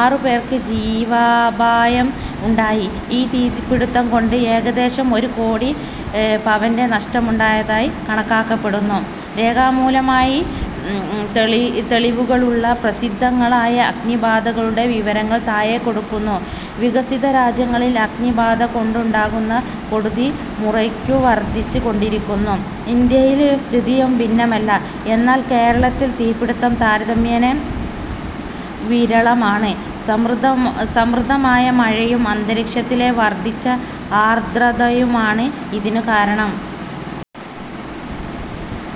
ആറു പേർക്കു ജീവാപായം ഉണ്ടായി. ഈ തീപിടിത്തംകൊണ്ട് ഏകദേശം ഒരുകോടി പവന്റെ നഷ്ടമുണ്ടായതായി കണക്കാക്കപ്പെട്ടിരിക്കുന്നു. രേഖാമൂലമായ തെളിവുകളുള്ള പ്രസിദ്ധങ്ങളായ അഗ്നിബാധകളുടെ വിവരങ്ങൾ താഴെ കൊടുക്കുന്നു. വികസിതരാജ്യങ്ങളിൽ അഗ്നിബാധകൊണ്ടുണ്ടാകുന്ന കെടുതി മുറയ്ക്കു വർധിച്ചു കൊണ്ടിരിക്കുന്നു. ഇന്ത്യയിലെ സ്ഥിതിയും ഭിന്നമല്ല. എന്നാൽ കേരളത്തിൽ തീപിടിത്തം താരതമ്യേന വിരളമാണ്. സമൃദ്ധമായ മഴയും, അന്തരീക്ഷത്തിലെ വർധിച്ച ആർദ്രതയുമാണ് ഇതിനു കാരണം.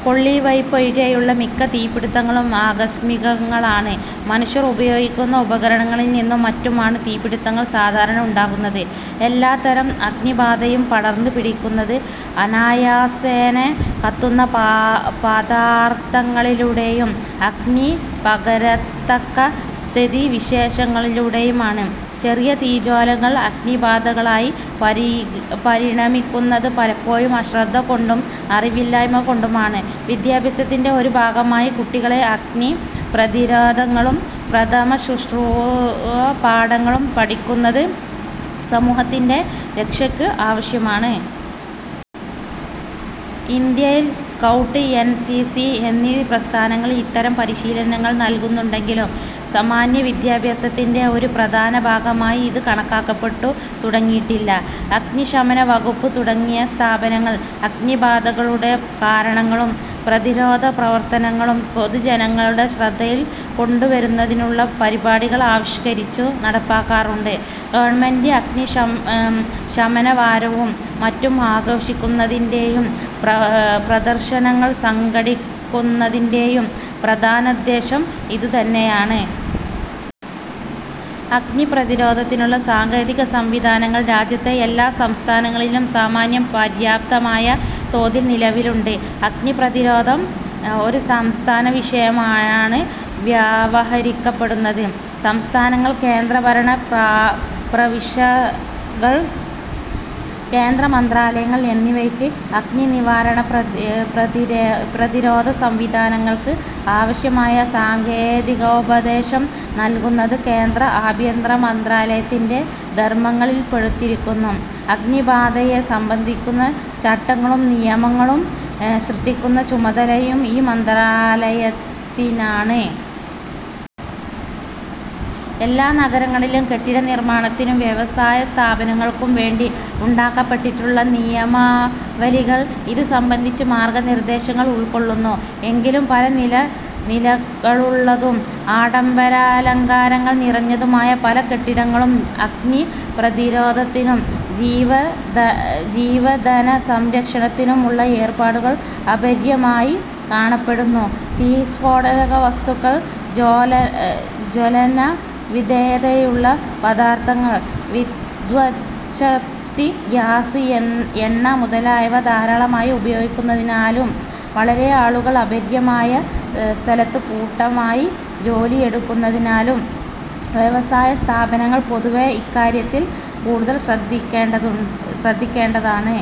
കൊള്ളിവയ്പൊഴികെയുള്ള മിക്ക തീപിടിത്തങ്ങളും ആകസ്മികങ്ങളാണ്. മനുഷ്യർ ഉപയോഗിക്കുന്ന ഉപകരണങ്ങളിൽനിന്നും മറ്റും ആണ് തീപിടിത്തങ്ങൾ സാധാരണ ഉണ്ടാകുന്നത്. എല്ലാത്തരം അഗ്നിബാധയും പടർന്നുപിടിക്കുന്നത് അനായാസേന കത്തുന്ന പദാർഥങ്ങളിലൂടെയും, അഗ്നി പകരത്തക്ക സ്ഥിതിവിശേഷങ്ങളിലൂടെയും ആണ്. ചെറിയ തീജ്വാലകൾ അഗ്നിബാധകളായി പരിണമിക്കുന്നത് പലപ്പോഴും അശ്രദ്ധകൊണ്ടും അറിവില്ലായ്മകൊണ്ടുമാണ്. വിദ്യാഭ്യാസത്തിന്റെ ഒരു ഭാഗമായി കുട്ടികളെ അഗ്നിപ്രതിരോധങ്ങളും പ്രഥമശുശ്രൂഷാപാഠങ്ങളും പഠിപ്പിക്കുന്നത്, സമൂഹത്തിന്റെ രക്ഷയ്ക്ക് ആവശ്യമാണ്. ഇന്ത്യയിൽ സ്കൗട്ട്, എൻ. സി. സി എന്നീ പ്രസ്ഥാനങ്ങളിൽ ഇത്തരം പരിശീലനങ്ങൾ നല്കുന്നുണ്ടെങ്കിലും സാമാന്യവിദ്യാഭ്യാസത്തിന്റെ ഒരു പ്രധാന ഭാഗമായി ഇതു കണക്കാക്കപ്പെട്ടു തുടങ്ങിയിട്ടില്ല. അഗ്നിശമനവകുപ്പ് തുടങ്ങിയ സ്ഥാപനങ്ങൾ അഗ്നിബാധകളുടെ കാരണങ്ങളും പ്രതിരോധപ്രവർത്തനങ്ങളും പൊതുജനങ്ങളുടെ ശ്രദ്ധയിൽ കൊണ്ടുവരുന്നതിനുള്ള പരിപാടികൾ ആവിഷ്കരിച്ചു നടപ്പാക്കാറുണ്ട്. ഗവൺമെന്റ് അഗ്നിശമനവാരവും മറ്റും ആഘോഷിക്കുന്നതിന്റെയും പ്രദർശനങ്ങൾ സംഘടിപ്പിക്കുന്നതിന്റെയും പ്രധാനോദ്ദേശ്യം ഇതുതന്നെയാണ്. അഗ്നിപ്രതിരോധത്തിനുള്ള സാങ്കേതിക സംവിധാനങ്ങൾ രാജ്യത്തെ എല്ലാ സംസ്ഥാനങ്ങളിലും സാമാന്യം പര്യാപ്തമായ തോതിൽ നിലവിലുണ്ട്. അഗ്നിപ്രതിരോധം ഒരു സംസ്ഥാന വിഷയമായാണ് വ്യവഹരിക്കപ്പെടുന്നത്. സംസ്ഥാനങ്ങൾ, കേന്ദ്രഭരണ പ്രവിശ്യകൾ, കേന്ദ്ര മന്ത്രാലയങ്ങൾ എന്നിവയ്ക്ക് അഗ്നിനിവാരണ/പ്രതിരോധ സംവിധാനങ്ങൾക്ക് ആവശ്യമായ സാങ്കേതികോപദേശം നല്കുന്നത് കേന്ദ്ര ആഭ്യന്തര മന്ത്രാലയത്തിന്റെ ധർമങ്ങളിൽ പെടുത്തിയിരിക്കുന്നു; അഗ്നിബാധയെ സംബന്ധിക്കുന്ന ചട്ടങ്ങളും നിയമങ്ങളും സൃഷ്ടിക്കുന്ന ചുമതലയും ഈ മന്ത്രാലയത്തിനാണ്. എല്ലാ നഗരങ്ങളിലും കെട്ടിടനിർമ്മാണത്തിനും വ്യവസായസ്ഥാപനങ്ങൾക്കുംവേണ്ടി ഉണ്ടാക്കപ്പെട്ടിട്ടുള്ള നിയമാവലികൾ ഇതു സംബന്ധിച്ച മാർഗനിർദ്ദേശങ്ങൾ ഉൾക്കൊള്ളുന്നു. എങ്കിലും പല നിലകളുള്ളതും ആഡംബരാലങ്കാരങ്ങൾ നിറഞ്ഞതുമായ പല കെട്ടിടങ്ങളിലും അഗ്നിപ്രതിരോധത്തിനും ജീവധനസംരക്ഷണത്തിനും ഉള്ള ഏർപ്പാടുകൾ അപര്യാപ്തമായി കാണപ്പെടുന്നു. തീയ്, സ്ഫോടകവസ്തുക്കൾ, ജ്വലനവിധേയതയുള്ള പദാർഥങ്ങൾ, വിദ്യുച്ഛക്തി, ഗ്യാസ്, എണ്ണ മുതലായവ ധാരാളമായി ഉപയോഗിക്കുന്നതിനാലും വളരെ ആളുകൾ അപര്യാപ്തമായ സ്ഥലത്ത് കൂട്ടമായി ജോലിയെടുക്കുന്നതിനാലും വ്യവസായസ്ഥാപനങ്ങൾ പൊതുവേ ഇക്കാര്യത്തിൽ കൂടുതൽ ശ്രദ്ധിക്കേണ്ടതാണ്.